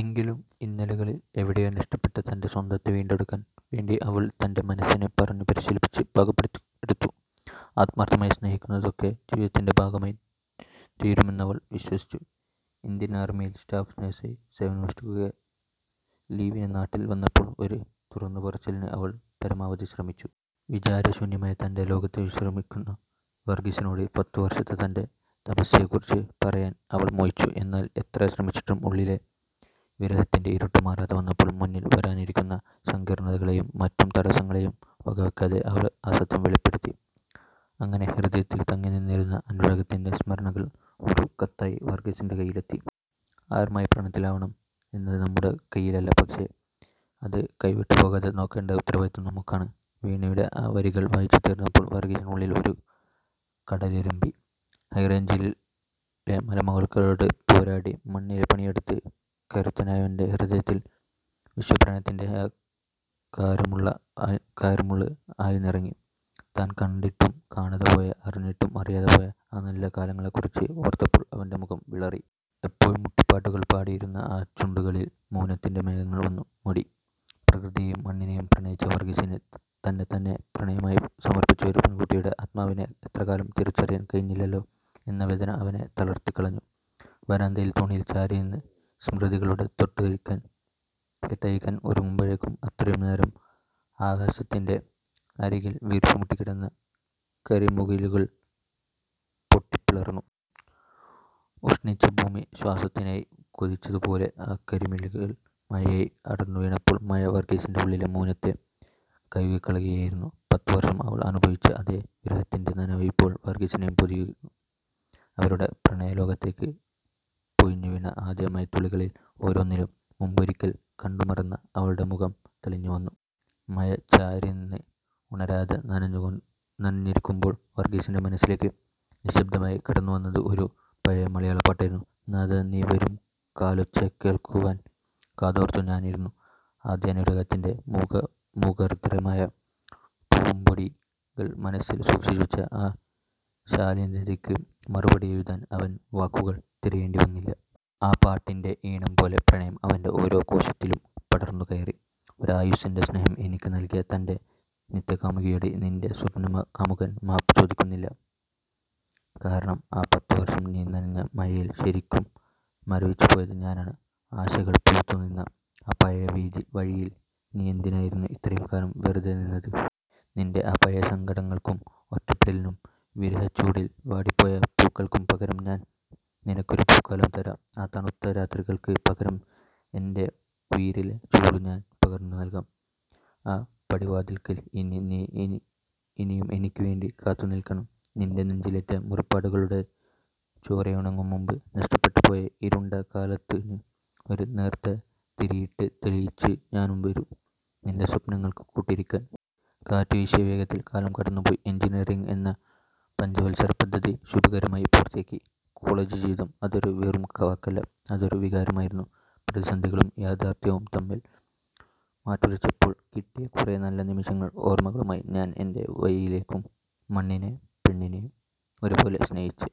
എങ്കിലും, ഇന്നലെകളിൽ എവിടെയോ നഷ്ടപ്പെട്ട തന്റെ സ്വത്വത്തെ വീണ്ടെടുക്കാൻ വേണ്ടി അവൾ തന്റെ മനസ്സിനെ പറഞ്ഞു പരിശീലിപ്പിച്ച് പാകപ്പെടുത്തിയെടുത്തു. ആത്മാർത്ഥമായി സ്നേഹിക്കുന്നതൊക്കെ ജീവിതത്തിൻ്റെ ഭാഗമായി തീരുമെന്നവൾ വിശ്വസിച്ചു. ഇന്ത്യൻ ആർമിയിൽ സ്റ്റാഫ് നഴ്സായി സേവനമനുഷ്ഠിക്കെ ലീവിന് നാട്ടിൽ വന്നപ്പോൾ ഒരു തുറന്നുപറച്ചിലിന് അവൾ പരമാവധി ശ്രമിച്ചു. വിചാരശൂന്യനായി തന്റെ ലോകത്ത് വിശ്രമിക്കുന്ന വർഗീസിനോട്, പത്തു വർഷത്തെ തന്റെ തപസ്യയെക്കുറിച്ച് പറയാൻ അവൾ മോഹിച്ചു. എന്നാൽ എത്ര ശ്രമിച്ചിട്ടും ഉള്ളിലെ വിരഹത്തിന്റെ ഇരുട്ട് മാറാതെ വന്നപ്പോൾ, മുന്നിൽ വരാനിരിക്കുന്ന സങ്കീർണ്ണതകളെയും മറ്റു തടസ്സങ്ങളെയും വകവെക്കാതെ അവൾ ആ സത്യം വെളിപ്പെടുത്തി. അങ്ങനെ ഹൃദയത്തിൽ തങ്ങിനിന്നിരുന്ന അനുരാഗത്തിന്റെ സ്മരണകൾ ഒരു കത്തായി വർഗീസിന്റെ കയ്യിലെത്തി. "ആരുമായി പ്രണയത്തിലാവണം എന്നത് നമ്മുടെ കയ്യിലല്ല, പക്ഷേ അത് കൈവിട്ടുപോകാതെ നോക്കേണ്ട ഉത്തരവാദിത്തം നമുക്കാണ്. " വീണയുടെ ആ വരികൾ വായിച്ചു തീർത്തപ്പോൾ വർഗീസിന്റെ ഉള്ളിൽ ഒരു കടലിരമ്പി. ഹൈറേഞ്ചിലെ മലമടക്കുകളോട് പോരാടി, മണ്ണിൽ പണിയെടുത്ത് കരുത്തനായവന്റെ ഹൃദയത്തിൽ വിശ്വപ്രണയത്തിന്റെ ആ കാരമുള്ള് ആഴ്ന്നിറങ്ങി. താൻ കണ്ടിട്ടും കാണാതെ പോയ, അറിഞ്ഞിട്ടും അറിയാതെ പോയ ആ നല്ല കാലങ്ങളെക്കുറിച്ച് ഓർത്തപ്പോൾ അവന്റെ മുഖം വിളറി. എപ്പോഴും മൂളിപ്പാട്ടുകൾ പാടിയിരുന്ന ആ ചുണ്ടുകളിൽ മൗനത്തിന്റെ മേഘങ്ങൾ വന്നു മൂടി. പ്രകൃതിയെയും മണ്ണിനെയും പ്രണയിച്ച വർഗീസിന്, തന്നെത്തന്നെ പ്രണയമായി സമർപ്പിച്ച ഒരു പെൺകുട്ടിയുടെ ആത്മാവിനെ ഇത്രകാലം തിരിച്ചറിയാൻ കഴിഞ്ഞില്ലല്ലോ എന്ന വേദന അവനെ തളർത്തിക്കളഞ്ഞു. വരാന്തയിലെ തൂണിൽ ചാരി നിന്ന് സ്മൃതികളുടെ കെട്ടഴിക്കാൻ ഒരുങ്ങുമ്പോഴേക്കും, അത്രയും നേരം ആകാശത്തിന്റെ അരികിൽ വീർപ്പുമുട്ടിക്കിടന്ന കരിമുകിലുകൾ പൊട്ടിപ്പിളർന്നു. ഉഷ്ണിച്ച ഭൂമി ശ്വാസത്തിനായി കൊതിച്ചതുപോലെ, ആ കരിമുകിലുകൾ മഴയായി അടർന്നുവീണപ്പോൾ മഴ വർഗീസിന്റെ ഉള്ളിലെ മൗനത്തെ കഴുകിക്കളയുകയായിരുന്നു. പത്തു വർഷം അവൾ അനുഭവിച്ച അതേ വിരഹത്തിന്റെ നനവ് ഇപ്പോൾ വർഗീസിനെയും പൊതിയുന്നു. അവരുടെ പ്രണയലോകത്തേക്ക് പൊഴിഞ്ഞുവീണ ആദ്യ മഴത്തുള്ളികളിൽ ഓരോന്നിലും, മുൻപ് ഒരിക്കൽ കണ്ടുമറന്ന അവളുടെ മുഖം തെളിഞ്ഞുവന്നു. മഴ ചാരിനിന്ന് ഉണരാതെ നനഞ്ഞിരിക്കുമ്പോൾ വർഗീസിന്റെ മനസ്സിലേക്ക് നിശ്ശബ്ദമായി കടന്നുവന്നത് ഒരു പഴയ മലയാളം പാട്ടായിരുന്നു. "നാഥാ നീ വരും കാലൊച്ച കേൾക്കുവാൻ, കാതോർത്തു ഞാനിരുന്നു... " ആദ്യാനുരാഗത്തിന്റെ മൂകാർദ്രമായ പൂംപൊടികൾ മനസ്സിൽ സൂക്ഷിച്ചു വെച്ച ആ ശാലീനതയ്ക്ക് മറുപടി എഴുതാൻ അവന് വാക്കുകൾ തിരയേണ്ടി വന്നില്ല. ആ പാട്ടിന്റെ ഈണം പോലെ പ്രണയം അവന്റെ ഓരോ കോശത്തിലും പടർന്നു കയറി. "ഒരായുസ്സിന്റെ സ്നേഹം എനിക്ക് നൽകിയ നിന്റെ നിത്യകാമുകിയോട് നിന്റെ സ്വപ്നകാമുകൻ മാപ്പ് ചോദിക്കുന്നില്ല. കാരണം, ആ പത്തു വർഷം നീ നനഞ്ഞ മഴയിൽ ശരിക്കും മരവിച്ചുപോയത് ഞാനാണ്. ആശകൾ പൂത്തുനിന്ന ആ പഴയ വഴിയിൽ നീ എന്തിനായിരുന്നു ഇത്രയും കാലം വെറുതെ നിന്നത്? നിന്റെ ആ പഴയ സങ്കടങ്ങൾക്കും ഒറ്റപ്പെടലിനും വിരഹച്ചൂടിൽ വാടിപ്പോയ പൂക്കൾക്കും പകരം, ഞാൻ നിനക്കൊരു പൂക്കാലം തരാം. ആ തണുത്ത രാത്രികൾക്ക് പകരം എന്റെ ഉയിരിലെ ചൂട് ഞാൻ പകർന്നു നൽകാം. ആ പടിവാതിൽക്കൽ ഇനി നീ ഇനിയും എനിക്ക് വേണ്ടി കാത്തുനിൽക്കണം. നിന്റെ നെഞ്ചിലേറ്റ മുറിപ്പാടുകളുടെ ചോരയുണങ്ങും മുൻപ്, നഷ്ടപ്പെട്ട്പോയ ഇരുണ്ട കാലത്തിന് ഒരു നേർത്ത തിരിയിട്ട് തെളിയിച്ച് ഞാൻ വരും, നിന്റെ സ്വപ്നങ്ങൾക്ക് കൂട്ടിരിക്കാൻ. " കാറ്റ് വീശിയ വേഗത്തിൽ കാലം കടന്നുപോയി. എൻജിനീയറിങ് എന്ന പഞ്ചവത്സര പദ്ധതി ശുഭകരമായി പൂർത്തിയാക്കി. "കോളജ് ജീവിതം"അതൊരു വെറും വാക്കല്ല, അതൊരു വികാരമായിരുന്നു. പ്രതിസന്ധികളും യാഥാർത്ഥ്യവും തമ്മിൽ മാറ്റുരച്ചപ്പോൾ കിട്ടിയ കുറെ നല്ല നിമിഷങ്ങൾ ഓർമ്മകളുമായി ഞാൻ എന്റെ വഴിയിലേക്കും, മണ്ണിനെയും പെണ്ണിനെയും ഒരുപോലെ സ്നേഹിച്ച